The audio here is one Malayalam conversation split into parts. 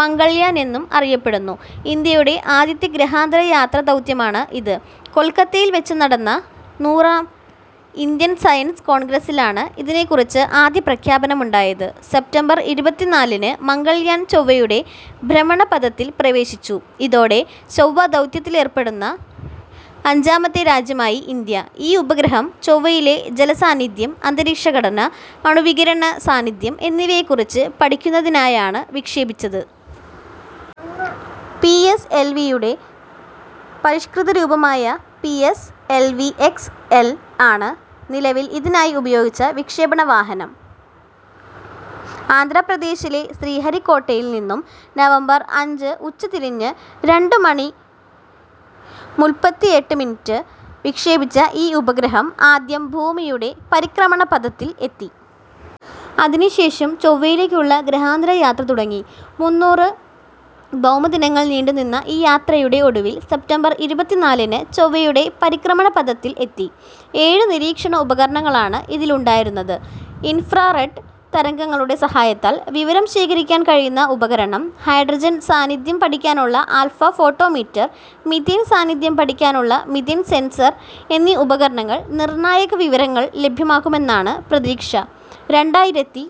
മംഗൾയാൻ എന്നും അറിയപ്പെടുന്നു. ഇന്ത്യയുടെ ആദ്യത്തെ ഗ്രഹാന്തര യാത്രാദൗത്യമാണ് ഇത്. കൊൽക്കത്തയിൽ വെച്ച് നടന്ന നൂറാം ഇന്ത്യൻ സയൻസ് കോൺഗ്രസ്സിലാണ് ഇതിനെക്കുറിച്ച് ആദ്യപ്രഖ്യാപനമുണ്ടായത്. സെപ്റ്റംബർ ഇരുപത്തിനാലിന് മംഗൾയാൻ ചൊവ്വയുടെ ഭ്രമണപഥത്തിൽ പ്രവേശിച്ചു. ഇതോടെ ചൊവ്വാദൗത്യത്തിലേർപ്പെടുന്ന അഞ്ചാമത്തെ രാജ്യമായി ഇന്ത്യ.ഈ ഉപഗ്രഹം ചൊവ്വയിലെ ജലസാന്നിധ്യം, അന്തരീക്ഷ ഘടന, അണുവികിരണ സാന്നിധ്യം എന്നിവയെക്കുറിച്ച് പഠിക്കുന്നതിനായാണ് വിക്ഷേപിച്ചത്. പി എസ് എൽ വി യുടെ പരിഷ്കൃത രൂപമായ P S L V X L ആണ് നിലവിൽ ഇതിനായി ഉപയോഗിച്ച വിക്ഷേപണ വാഹനം. ആന്ധ്രാപ്രദേശിലെ ശ്രീഹരിക്കോട്ടയിൽ നിന്നും നവംബർ അഞ്ച് ഉച്ചതിരിഞ്ഞ് രണ്ട് മണി മുൽ പ്പത്തിയെട്ട് മിനിറ്റിന് വിക്ഷേപിച്ച ഈ ഉപഗ്രഹം ആദ്യം ഭൂമിയുടെ പരിക്രമണപഥത്തിൽ എത്തി. അതിനുശേഷം ചൊവ്വയിലേക്കുള്ള ഗ്രഹാന്തര യാത്ര തുടങ്ങി. മുന്നൂറ് ഭൗമദിനങ്ങൾ നീണ്ടുനിന്ന ഈ യാത്രയുടെ ഒടുവിൽ സെപ്റ്റംബർ ഇരുപത്തിനാലിന് ചൊവ്വയുടെ പരിക്രമണപഥത്തിൽ എത്തി.ഏഴ് നിരീക്ഷണ ഉപകരണങ്ങളാണ് ഇതിലുണ്ടായിരുന്നത്. ഇൻഫ്രാറെഡ് തരംഗങ്ങളുടെ സഹായത്താൽ വിവരം ശേഖരിക്കാൻ കഴിയുന്ന ഉപകരണം, ഹൈഡ്രജൻ സാന്നിധ്യം പഠിക്കാനുള്ള ആൽഫാ ഫോട്ടോമീറ്റർ, മീഥേൻ സാന്നിധ്യം പഠിക്കാനുള്ള മീഥേൻ സെൻസർ എന്നീ ഉപകരണങ്ങൾ നിർണായക വിവരങ്ങൾ ലഭ്യമാക്കുമെന്നാണ് പ്രതീക്ഷ. രണ്ടായിരത്തി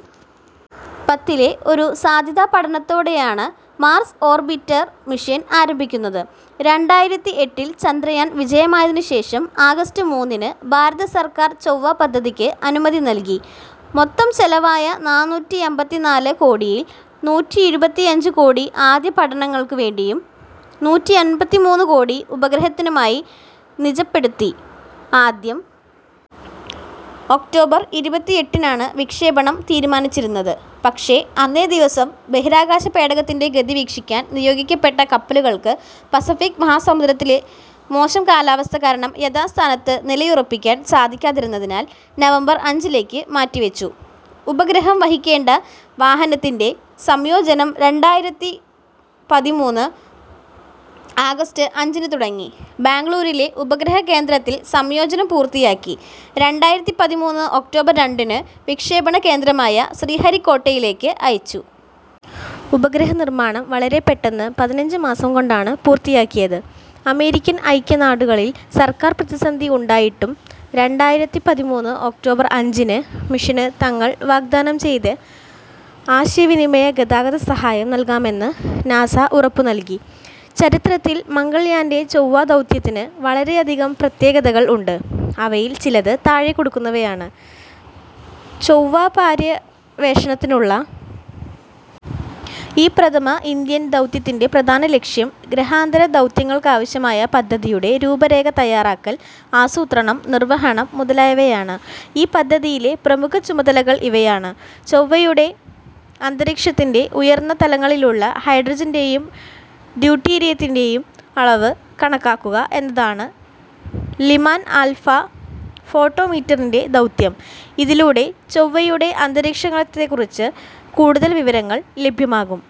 പത്തിലെ ഒരു സാധ്യതാ പഠനത്തോടെയാണ് മാർസ് ഓർബിറ്റർ മിഷൻ ആരംഭിക്കുന്നത്. രണ്ടായിരത്തി എട്ടിൽ ചന്ദ്രയാൻ വിജയമായതിനു ശേഷം ആഗസ്റ്റ് മൂന്നിന് ഭാരത സർക്കാർ ചൊവ്വാ പദ്ധതിക്ക് അനുമതി നൽകി. മൊത്തം ചെലവായ നാനൂറ്റിയമ്പത്തിനാല് കോടിയിൽ നൂറ്റിയിരുപത്തിയഞ്ച് കോടി ആദ്യ പഠനങ്ങൾക്ക് വേണ്ടിയും നൂറ്റിയൻ മ്പത്തിമൂന്ന് കോടി ഉപഗ്രഹത്തിനുമായി നിജപ്പെടുത്തി. ആദ്യം ഒക്ടോബർ ഇരുപത്തിയെട്ടിനാണ് വിക്ഷേപണം തീരുമാനിച്ചിരുന്നത്. പക്ഷേ അന്നേ ദിവസം ബഹിരാകാശപേടകത്തിന്റെ ഗതി വീക്ഷിക്കാൻ നിയോഗിക്കപ്പെട്ട കപ്പലുകൾക്ക് പസഫിക് മഹാസമുദ്രത്തിലെ മോശം കാലാവസ്ഥ കാരണം യഥാസ്ഥാനത്ത് നിലയുറപ്പിക്കാൻ സാധിക്കാതിരുന്നതിനാൽ നവംബർ അഞ്ചിലേക്ക് മാറ്റിവച്ചു. ഉപഗ്രഹം വഹിക്കേണ്ട വാഹനത്തിന്റെ സംയോജനം രണ്ടായിരത്തി പതിമൂന്ന് ആഗസ്റ്റ് അഞ്ചിന് തുടങ്ങി. ബാംഗ്ലൂരിലെ ഉപഗ്രഹ കേന്ദ്രത്തിൽ സംയോജനം പൂർത്തിയാക്കി രണ്ടായിരത്തി പതിമൂന്ന് ഒക്ടോബർ രണ്ടിന് വിക്ഷേപണ കേന്ദ്രമായ ശ്രീഹരിക്കോട്ടയിലേക്ക് അയച്ചു. ഉപഗ്രഹ നിർമ്മാണം വളരെ പെട്ടെന്ന് പതിനഞ്ച് മാസം കൊണ്ടാണ് പൂർത്തിയാക്കിയത്. അമേരിക്കൻ ഐക്യനാടുകളിൽ സർക്കാർ പ്രതിസന്ധി ഉണ്ടായിട്ടും രണ്ടായിരത്തി പതിമൂന്ന് ഒക്ടോബർ അഞ്ചിന് മിഷന് തങ്ങൾ വാഗ്ദാനം ചെയ്ത ആശയവിനിമയ ഗതാഗത സഹായം നൽകാമെന്ന് നാസ ഉറപ്പുനൽകി. ചരിത്രത്തിൽ മംഗൾയാന്റെ ചൊവ്വാ ദൗത്യത്തിന് വളരെയധികം പ്രത്യേകതകൾ ഉണ്ട്. അവയിൽ ചിലത് താഴെ കൊടുക്കുന്നവയാണ്. ചൊവ്വാപാ ര്യവേഷണത്തിനുള്ള ഈ പ്രഥമ ഇന്ത്യൻ ദൗത്യത്തിന്റെ പ്രധാന ലക്ഷ്യം ഗ്രഹാന്തര ദൗത്യങ്ങൾക്കാവശ്യമായ പദ്ധതിയുടെ രൂപരേഖ തയ്യാറാക്കൽ, ആസൂത്രണം, നിർവഹണം മുതലായവയാണ്.ഈ പദ്ധതിയിലെ പ്രമുഖ ചുമതലകൾ ഇവയാണ്. ചൊവ്വയുടെ അന്തരീക്ഷത്തിന്റെ ഉയർന്ന തലങ്ങളിലുള്ള ഹൈഡ്രജന്റെയും ഡ്യൂട്ടീരിയത്തിന്റെയും അളവ് കണക്കാക്കുക എന്നതാണ് ലിമാൻ ആൽഫാ ഫോട്ടോമീറ്ററിന്റെ ദൗത്യം. ഇതിലൂടെ ചൊവ്വയുടെ അന്തരീക്ഷണ ത്തെക്കുറിച്ച് കൂടുതൽ വിവരങ്ങൾ ലഭ്യമാകും.